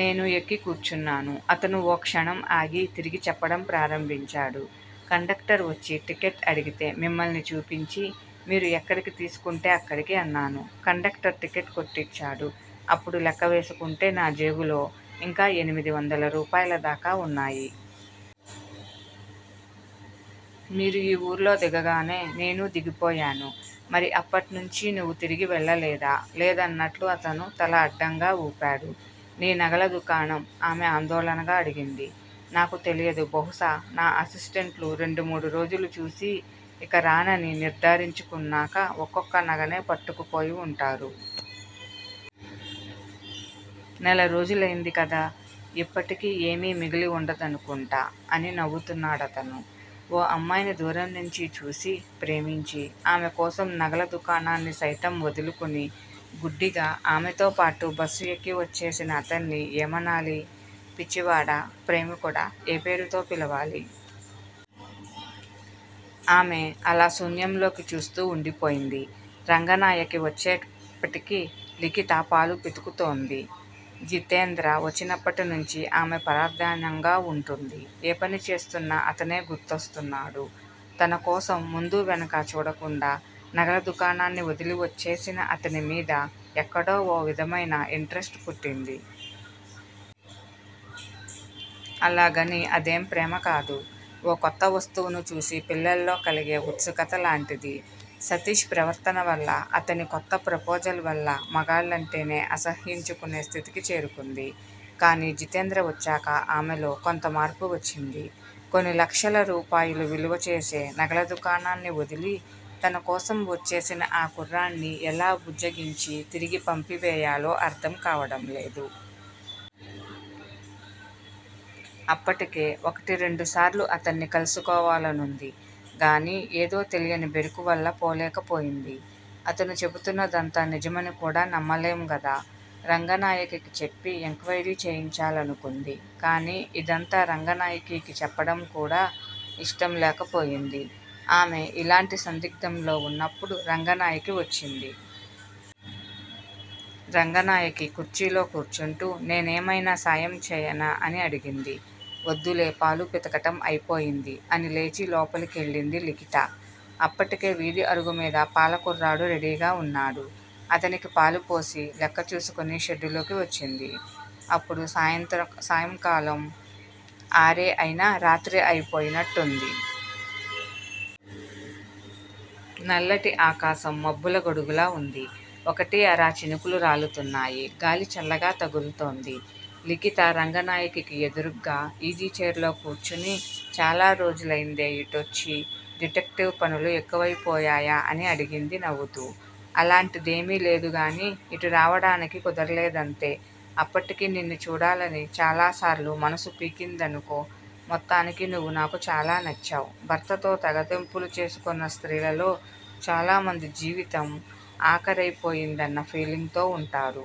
నేను ఎక్కి కూర్చున్నాను అతను ఓ క్షణం ఆగి తిరిగి చెప్పడం ప్రారంభించాడు. కండక్టర్ వచ్చి టిక్కెట్ అడిగితే మిమ్మల్ని చూపించి మీరు ఎక్కడికి తీసుకుంటే అక్కడికి అన్నాను. కండక్టర్ టిక్కెట్ కొట్టిచ్చాడు. అప్పుడు లెక్క వేసుకుంటే నా జేబులో ఇంకా ఎనిమిది వందల రూపాయల దాకా వున్నాయి. మీరు ఈ వూర్లో దిగగానే నేనూ దిగిపోయాను మరి అప్పట్నుంచీ నువు తిరిగి వెళ్ళలేదా? లేదన్నట్లు అతను తల అడ్డంగా వూపాడు. నీ నగల దుకాణం? ఆమె ఆందోళనగా అడిగింది. నాకు తెలియదు బహుశా నా అసిస్టెంట్లు రెండు మూడు రోజులు చూసి ఇక రానని నిర్దారించుకున్నాక ఒక్కొక్క నగనే పట్టుకు పోయి వుంటారు. నెల రోజులైంది కదా. ఇప్పటికీ ఏమీ మిగిలి వుండదనుకుంటా అని నవ్వుతున్నాడతను. ఓ అమ్మాయిని దూరం నుంచి చూసి, ప్రేమించి, ఆమె కోసం నగల దుకాణాన్ని సైతం వదులుకుని గుడ్డిగా ఆమెతో పాటు బస్సు ఎక్కి వచ్చేసిన అతన్ని ఏమనాలి? పిచ్చివాడా? ప్రేమికుడా? ఏ పేరుతో పిలవాలి? ఆమె అలా శూన్యం లోకి చూస్తూ వుండిపోయింది. రంగనాయకి వచ్చేటప్పటికి లిఖిత పాలు పితుకుతోంది. జితేంద్ర వచ్చినప్పట్నుంచి ఆమె పరధ్యానంగా వుంటుంది. ఏ పని చేస్తున్నా అతనే గుర్తుస్తున్నాడు. తనకోసం ముందూ వెనకా చూడకుండా నగల దుకాణాన్ని వదలి వచ్చేసిన అతని మీద ఎక్కడో ఓ విధమైన ఇంట్రెస్ట్ పుట్టింది. అలాగని అదేం ప్రేమ కాదు. ఓ కొత్త వస్తువును చూసి పిల్లల్లో కలిగే వుత్సుకత లాంటిది. సతీష్ ప్రవర్తనవల్ల అతని కొత్త ప్రపోజల్ వల్ల మగాళ్ళంటేనే అసహ్యించుకునే స్థితికి చేరుకుంది. కానీ జితేంద్ర వచ్చాక ఆమెలో కొంత మార్పు వచ్చింది. కొన్ని లక్షల రూపాయలు విలువ చేసే నగల దుకాణాన్ని వదిలి తనకోసం వచ్చేసిన ఆ కుర్రాడ్ని ఎలా బుజ్జగించి తిరిగి పంపివేయాలో అర్ధం కావడం లేదు. అప్పటికే ఒకటి రెండుసార్లు అతన్ని కలుసుకోవాలనుంది గానీ ఏదో తెలియని బెరుకు వల్ల పోలేకపోయింది. అతను చెబుతున్నదంతా నిజమని కూడా నమ్మలేం గదా. రంగనాయకకి చెప్పి ఎంక్వయిరీ చేయించాలనుకుంది. కానీ ఇదంతా రంగనాయకీకి చెప్పడం కూడా ఇష్టం లేకపోయింది. ఆమె ఇలాంటి సందిగ్ధంలో వున్నప్పుడు రంగనాయకి వచ్చింది. రంగనాయకి కుర్చీలో కూర్చుంటూ నేనేమైనా సాయం చేయనా? అని అడిగింది. ఒద్దులే పాలు పితకటం అయిపోయింది అని లేచి లోపలి కెళ్ళింది లిఖిత. అప్పటికే వీధి అరుగుమీద పాల కుర్రాడు రెడీగా వున్నాడు. అతనికి పాలు పోసి, లెక్క చూసుకుని షెడ్డులోకి వచ్చింది. అప్పుడు సాయంకాలం ఆరే అయినా రాత్రి అయిపోయినట్టుంది. నల్లటి ఆకాశం మబ్బుల గొడుగులా వుంది. ఒకటీ అరా చినుకులు రాలుతున్నాయి గాలి చల్లగా తగుల్తోంది. లిఖిత రంగనాయకకి ఎదురుగ్గా ఈజీ చైర్ లో కూర్చుని చాలా రోజులైందే ఇటొచ్చి- డిటెక్టివ్ పనులు ఎక్కువైపోయాయా? అని అడిగింది నవ్వుతూ. అలాంటిదేమీ లేదుగానీ ఇటు రావడానికి కుదరలేదంతే అప్పటికీ నిన్ను చూడాలని చాలా సార్లు మనసు పీకిందనుకో మొత్తానికి నువ్వు నాకు చాలా నచ్చావ్ భర్తతో తెగతెంపులు చేసుకున్న స్త్రీలలో చాలామంది జీవితం ఆఖరయి పోయిందన్న ఫీలింగ్ తో వుంటారు.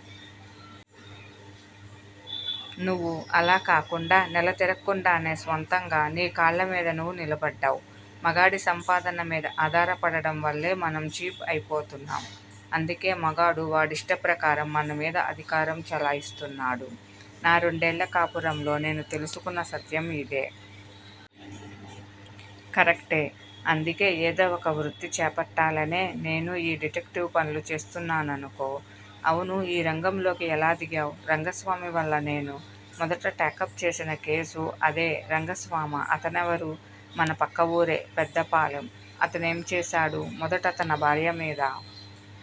నువు అలా కాకుండా నెల తిరక్కుండానే స్వంతంగా నీ కాళ్ళమీద నువు నిలబడ్డావ్ మగాడి సంపాదన మీద ఆధారపడడం వల్లే మనం చీప్ అయిపోతున్నాం. అందుకే మగాడు వాడిష్ట ప్రకారం మన మీద అధికారం చెలాయిస్తున్నాడు. నా రెండేళ్ళ కాపురంలో నేను తెలుసుకున్న సత్యం ఇదే. కరెక్టే అందుకే ఏదో ఒక వృత్తి చేపట్టాలనే నేనూ ఈ డిటెక్టివ్ పనులు చేస్తున్నాననుకో అవునూ ఈ రంగంలోకి ఎలా దిగావ్? రంగస్వామి వల్ల నేను మొదట టేకప్ చేసిన కేసు అదే రంగస్వామా? అతనెవరు? మన పక్కవూరే- పెద్దపాలెం అతనేం చేశాడు? మొదట తన భార్య మీద